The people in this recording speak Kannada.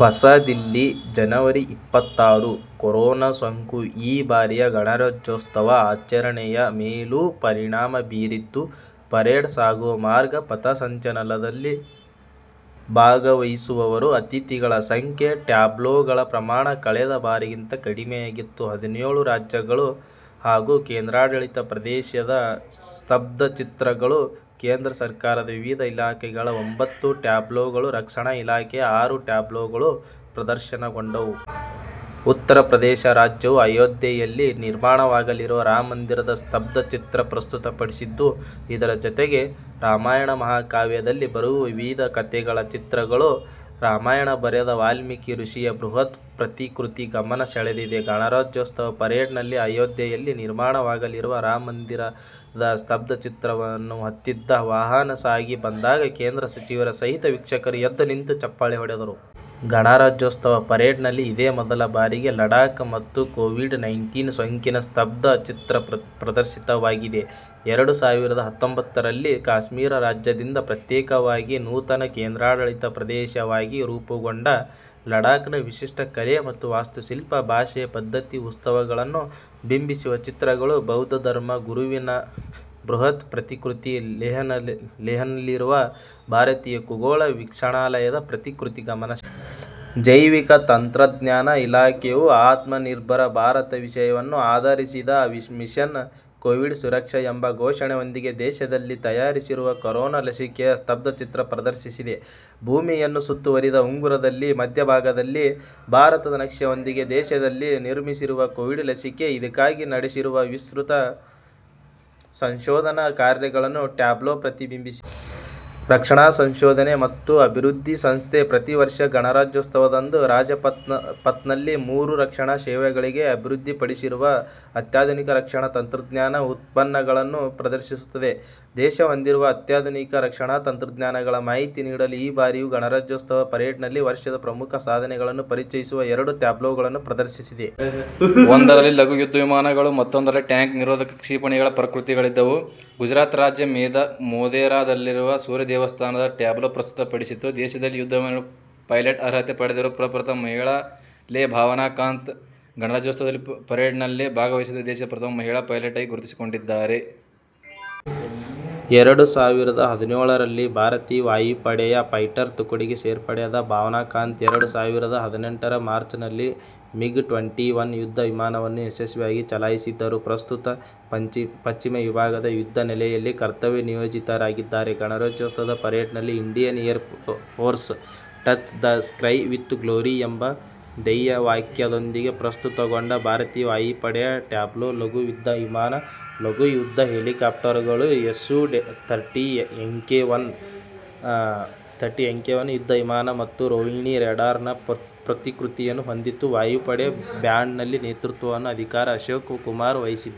ಹೊಸದಿಲ್ಲಿ, ಜನವರಿ ಇಪ್ಪತ್ತಾರು: ಕೊರೋನ ಸೋಂಕು ಈ ಬಾರಿಯ ಗಣರಾಜ್ಯೋತ್ಸವ ಆಚರಣೆಯ ಮೇಲೂ ಪರಿಣಾಮ ಬೀರಿದ್ದು ಪರೇಡ್ ಸಾಗುವ ಮಾರ್ಗ, ಪಥಸಂಚಲನದಲ್ಲಿ ಭಾಗವಹಿಸುವವರು, ಅತಿಥಿಗಳ ಸಂಖ್ಯೆ, ಟ್ಯಾಬ್ಲೊಗಳ ಪ್ರಮಾಣ ಕಳೆದ ಬಾರಿಗಿಂತ ಕಡಿಮೆಯಾಗಿತ್ತು. ಹದಿನೇಳು ರಾಜ್ಯಗಳು ಹಾಗೂ ಕೇಂದ್ರಾಡಳಿತ ಪ್ರದೇಶದ ಸ್ತಬ್ಧಚಿತ್ರಗಳು, ಕೇಂದ್ರ ಸರಕಾರದ ವಿವಿಧ ಇಲಾಖೆಗಳ ಒಂಭತ್ತು ಟ್ಯಾಬ್ಲೊಗಳು, ರಕ್ಷಣಾ ಇಲಾಖೆಯ ಆರು ಟ್ಯಾಬ್ಲೊಗಳು ಪ್ರದರ್ಶನಗೊಂಡವು. ಉತ್ತರಪ್ರದೇಶ ರಾಜ್ಯವು ಅಯೋಧ್ಯೆಯಲ್ಲಿ ನಿರ್ಮಾಣವಾಗಲಿರುವ ರಾಮಮಂದಿರದ ಸ್ತಬ್ಧಚಿತ್ರ ಪ್ರಸ್ತುತಪಡಿಸಿದ್ದು ಇದರ ಜೊತೆಗೆ ರಾಮಾಯಣ ಮಹಾಕಾವ್ಯದಲ್ಲಿ ಬರುವ ವಿವಿಧ ಕತೆಗಳ ಚಿತ್ರಗಳು, ರಾಮಾಯಣ ಬರೆದ ವಾಲ್ಮೀಕಿ ಋಷಿಯ ಬೃಹತ್ ಪ್ರತಿಕೃತಿ ಗಮನ ಸೆಳೆದಿದೆ. ಗಣರಾಜ್ಯೋತ್ಸವ ಪರೇಡ್ನಲ್ಲಿ ಅಯೋಧ್ಯೆಯಲ್ಲಿ ನಿರ್ಮಾಣವಾಗಲಿರುವ ರಾಮಮಂದಿರದ ಸ್ತಬ್ಧಚಿತ್ರವನ್ನು ಹೊತ್ತಿದ್ದ ವಾಹನ ಸಾಗಿ ಬಂದಾಗ ಕೇಂದ್ರ ಸಚಿವರ ಸಹಿತ ವೀಕ್ಷಕರು ಎದ್ದುನಿಂತು ಚಪ್ಪಾಳೆ ಹೊಡೆದರು. ಗಣರಾಜ್ಯೋತ್ಸವ ಪರೇಡ್ನಲ್ಲಿ ಇದೇ ಮೊದಲ ಬಾರಿಗೆ ಲಡಾಕ್ ಮತ್ತು ಕೋವಿಡ್-ನೈನ್ಟೀನ್ ಸೋಂಕಿನ ಸ್ತಬ್ಧಚಿತ್ರ ಪ್ರದರ್ಶಿತವಾಗಿದೆ. ಎರಡು ಸಾವಿರದ ಹತ್ತೊಂಬತ್ತುರಲ್ಲಿ ಕಾಶ್ಮೀರ ರಾಜ್ಯದಿಂದ ಪ್ರತ್ಯೇಕವಾಗಿ ನೂತನ ಕೇಂದ್ರಾಡಳಿತ ಪ್ರದೇಶವಾಗಿ ರೂಪುಗೊಂಡ ಲಡಾಕ್ನ ವಿಶಿಷ್ಟ ಕಲೆ ಮತ್ತು ವಾಸ್ತುಶಿಲ್ಪ, ಭಾಷೆ, ಪದ್ಧತಿ, ಉತ್ಸವಗಳನ್ನು ಬಿಂಬಿಸುವ ಚಿತ್ರಗಳು, ಬೌದ್ಧ ಧರ್ಮ ಗುರುವಿನ ಬೃಹತ್ ಪ್ರತಿಕೃತಿ, ಲೇಹ್ನಲ್ಲಿರುವ ಭಾರತೀಯ ಖಗೋಳ ವೀಕ್ಷಣಾಲಯದ ಪ್ರತಿಕೃತಿ ಗಮನ ಸೆಳೆದಿದೆ. ಜೈವಿಕ ತಂತ್ರಜ್ಞಾನ ಇಲಾಖೆಯು ಆತ್ಮನಿರ್ಭರ ಭಾರತ ವಿಷಯವನ್ನು ಆಧರಿಸಿದ 'ಮಿಷನ್ ಕೋವಿಡ್ ಸುರಕ್ಷಾ' ಎಂಬ ಘೋಷಣೆಯೊಂದಿಗೆ ದೇಶದಲ್ಲಿ ತಯಾರಿಸಿರುವ ಕೊರೋನ ಲಸಿಕೆಯ ಸ್ತಬ್ಧಚಿತ್ರ ಪ್ರದರ್ಶಿಸಿದೆ. ಭೂಮಿಯನ್ನು ಸುತ್ತುವರಿದ ಉಂಗುರದಲ್ಲಿ ಮಧ್ಯಭಾಗದಲ್ಲಿ ಭಾರತದ ನಕ್ಷೆಯೊಂದಿಗೆ, ದೇಶದಲ್ಲಿ ನಿರ್ಮಿಸಿರುವ ಕೋವಿಡ್ ಲಸಿಕೆ, ಇದಕ್ಕಾಗಿ ನಡೆಸಿರುವ ವಿಸ್ತೃತ ಸಂಶೋಧನಾ ಕಾರ್ಯಗಳನ್ನು ಟ್ಯಾಬ್ಲೊ ಪ್ರತಿಬಿಂಬಿಸಿದೆ. ರಕ್ಷಣಾ ಸಂಶೋಧನೆ ಮತ್ತು ಅಭಿವೃದ್ಧಿ ಸಂಸ್ಥೆ ಪ್ರತೀ ವರ್ಷ ಗಣರಾಜ್ಯೋತ್ಸವದಂದು ರಾಜಪಥ್ನಲ್ಲಿ ಮೂರೂ ರಕ್ಷಣಾ ಸೇವೆಗಳಿಗೆ ಅಭಿವೃದ್ಧಿಪಡಿಸಿರುವ ಅತ್ಯಾಧುನಿಕ ರಕ್ಷಣಾ ತಂತ್ರಜ್ಞಾನ ಉತ್ಪನ್ನಗಳನ್ನು ಪ್ರದರ್ಶಿಸುತ್ತದೆ. ದೇಶ ಹೊಂದಿರುವ ಅತ್ಯಾಧುನಿಕ ರಕ್ಷಣಾ ತಂತ್ರಜ್ಞಾನಗಳ ಮಾಹಿತಿ ನೀಡಲು ಈ ಬಾರಿಯ ಗಣರಾಜ್ಯೋತ್ಸವ ಪರೇಡ್ನಲ್ಲಿ ವರ್ಷದ ಪ್ರಮುಖ ಸಾಧನೆಗಳನ್ನು ಪರಿಚಯಿಸುವ ಎರಡು ಟ್ಯಾಬ್ಲೊಗಳನ್ನು ಪ್ರದರ್ಶಿಸಿದೆ. ಒಂದರಲ್ಲಿ ಲಘು ಯುದ್ಧವಿಮಾನಗಳು, ಮತ್ತೊಂದರಲ್ಲಿ ಟ್ಯಾಂಕ್ ನಿರೋಧಕ ಕ್ಷಿಪಣಿಗಳ ಪ್ರತಿಕೃತಿಗಳಿದ್ದವು. ಗುಜರಾತ್ ರಾಜ್ಯ ಮೊಧೇರಾದಲ್ಲಿರುವ ಸೂರ್ಯ ದೇವಸ್ಥಾನದ ಟ್ಯಾಬ್ಲೊ ಪ್ರಸ್ತುತ ಪಡಿಸಿತು. ದೇಶದಲ್ಲಿ ಯುದ್ಧವಿಮಾನದ ಪೈಲಟ್ ಅರ್ಹತೆ ಪಡೆದಿರುವ ಪ್ರಪ್ರಥಮ ಮಹಿಳೆ ಲೆ ಭಾವನಾ ಕಾಂತ್, ಗಣರಾಜ್ಯೋತ್ಸವ ಪರೇಡ್ನಲ್ಲಿ ಭಾಗವಹಿಸಿದ ದೇಶದ ಪ್ರಥಮ ಮಹಿಳಾ ಪೈಲಟ್ ಆಗಿ ಗುರುತಿಸಿಕೊಂಡಿದ್ದಾರೆ. ಎರಡು ಸಾವಿರದ ಹದಿನೇಳರಲ್ಲಿ ಭಾರತೀಯ ವಾಯುಪಡೆಯ ಫೈಟರ್ ತುಕಡಿಗೆ ಸೇರ್ಪಡೆಯಾದ ಭಾವನಾ ಕಾಂತ್, ಎರಡು ಸಾವಿರದ ಹದಿನೆಂಟರ ಮಾರ್ಚ್ನಲ್ಲಿ ಮಿಗ್-ಟ್ವೆಂಟಿ ಒನ್ ಯುದ್ಧವಿಮಾನವನ್ನು ಯಶಸ್ವಿಯಾಗಿ ಚಲಾಯಿಸಿದ್ದರು. ಪ್ರಸ್ತುತ ಪಶ್ಚಿಮ ವಿಭಾಗದ ಯುದ್ಧನೆಲೆಯಲ್ಲಿ ಕರ್ತವ್ಯ ನಿಯೋಜಿತರಾಗಿದ್ದಾರೆ. ಗಣರಾಜ್ಯೋತ್ಸವ ಪರೇಡ್ನಲ್ಲಿ 'Indian air force: touch the sky with glory' ಎಂಬ ಧ್ಯೇಯವಾಕ್ಯದೊಂದಿಗೆ ಪ್ರಸ್ತುತಗೊಂಡ ಭಾರತೀಯ ವಾಯಪಡೆಯ ಟ್ಯಾಬ್ಲೊ ಲಘು ಯುದ್ಧವಿಮಾನ, ಲಘು ಯುದ್ಧ ಹೆಲಿಕಾಪ್ಟರ್ಗಳು, ಎಸ್ಯು- ಥರ್ಟಿ ಎಂಕೆ-ಒನ್ ಯುದ್ಧವಿಮಾನ ಮತ್ತು ರೋಹಿಣಿ ರೇಡಾರ್ನ ಪ್ರತಿಕೃತಿಯನ್ನು ಹೊಂದಿತ್ತು. ವಾಯುಪಡೆ ಬ್ಯಾಂಡ್ನ ನೇತೃತ್ವವನ್ನು ಅಧಿಕಾರಿ ಅಶೋಕ್ ಕುಮಾರ್ ವಹಿಸಿದ್ದರು.